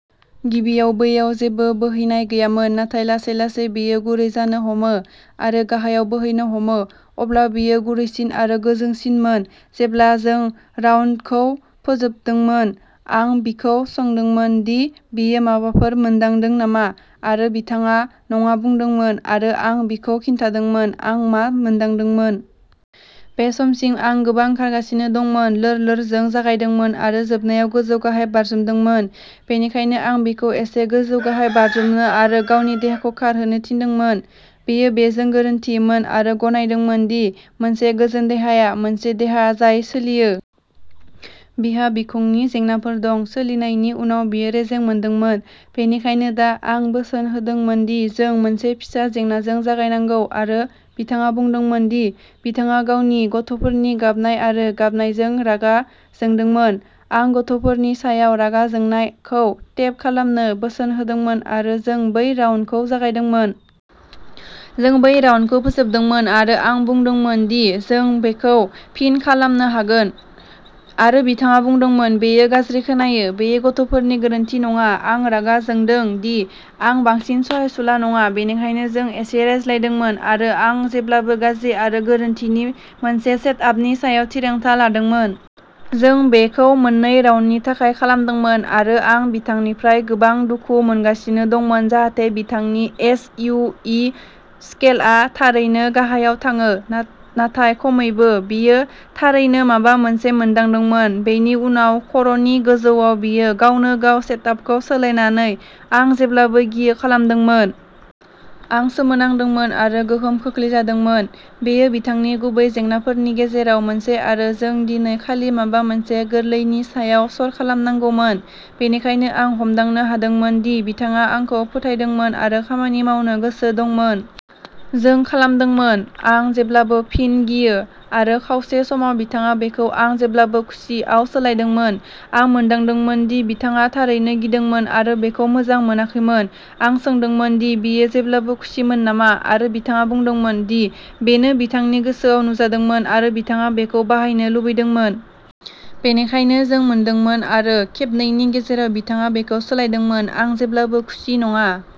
गिबियाव बैयाव जेबो बोहैनाय गैयामोन नाथाय लासै-लासै बेयो गुरै जानो हमो आरो गाहायाव बोहैनो हमो। अब्ला बियो गुरैसिन आरो गोजोंसिनमोन। जेब्ला जों राउन्डखौ फोजोबदोंमोन, आं बिखौ सोंदोंमोन दि बियो माबाफोर मोनदांदों नामा आरो बिथाङा'नङा'बुंदोंमोन आरो आं बिखौ खिन्थादोंमोन आं मा मोनदांदोंमोन। बे समसिम आं गोबां खारगासिनो दंमोन, लोर-लोरजों जागायदोंमोन आरो जोबनायाव गोजौ-गाहाय बाज्रुमदोंमोन। बेनिखायनो आं बिखौ एसे गोजौ-गाहाय बाज्रुमनो आरो गावनि देहाखौ खारहोनो थिनदोंमोन। बियो बेजों गोरोन्थियोमोन आरो गनायदोंमोन दि मोनसे गोजोन देहाया मोनसे देहा जाय सोलियो। बिहा बिखुंनि जेंनाफोर दं। सोलिनायनि उनाव बियो रेजें मोनदोंमोन। बेनिखायनो दा आं बोसोन होदोंमोन दि जों मोनसे फिसा जेंनाजों जागायनांगौ आरो बिथाङा बुंदोंमोन दि बिथाङा गावनि गथ'फोरनि गाबनाय आरो गाबनायजों रागा जोंदोंमोन। आं "गथ'फोरनि सायाव रागा जोंनाय" खौ टेप खालामनो बोसोन होदोंमोन आरो जों बै राउन्डखौ जागायदोंमोन। जों बै राउन्डखौ फोजोबदोंमोन आरो आं बुंदोंमोन दि जों बेखौ फिन खालामनो हागोन आरो बिथाङा बुंदोंमोन "बेयो गाज्रि खोनायो, बेयो गथ'फोरनि गोरोन्थि नङा। आं रागा जोंदों दि आं बांसिन सहायसुला नङा। " बेनिखायनो जों एसे रायज्लायदोंमोन आरो "आं जेब्लाबो गाज्रि आरो गोरोन्थि" नि मोनसे सेटआपनि सायाव थिरांथा लादोंमोन। जों बेखौ मोननै राउन्डनि थाखाय खालामदोंमोन आरो आं बिथांनिफ्राय गोबां दुखु मोनगासिनो दंमोन जाहाथे बिथांनि एस. यु. इ. स्केलआ थारैनो गाहायाव थाङो ना-नाथाय खमैबो। बियो थारैनो माबा मोनसे मोन्दांदोंमोन। बेनि उनाव खर'नि गोजौआव बियो गावनो-गाव सेटआपखौ सोलायनानै "आं जेब्लाबो गियो" खालामदोंमोन। आं सोमोनांदोंमोन आरो गोहोम खोख्लैजादोंमोन। बेयो बिथांनि गुबै जेंनाफोरनि गेजेराव मोनसे आरो जों दिनै खालि माबा मोनसे गोरलैनि सायाव सर'खालामनांगौमोन। बेनिखायनो आं हमदांनो हादोंमोन दि बिथाङा आंखौ फोथायदोंमोन आरो खामानि मावनो गोसो दंमोन। जों खालामदोंमोन "आं जेब्लाबो फिन गियो" आरो खावसे समाव बिथाङा बेखौ "आं जेब्लाबो खुसि" आव सोलायदोंमोन। आं मोनदांदोंमोन दि बिथाङा थारैनो गिदोंमोन आरो बेखौ मोजां मोनाखैमोन। आं सोंदोंमोन दि बियो जेब्लाबो खुसिमोन नामा आरो बिथाङा बुंदोंमोन दि बेनो बिथांनि गोसोआव नुजादोंमोन आरो बिथाङा बेखौ बाहायनो लुबैदोंमोन। बेनिखायनो जों मोनदोंमोन आरो खेबनैनि गेजेराव बिथाङा बेखौ सोलायदोंमोन "आं जेब्लाबो खुसि नङा"।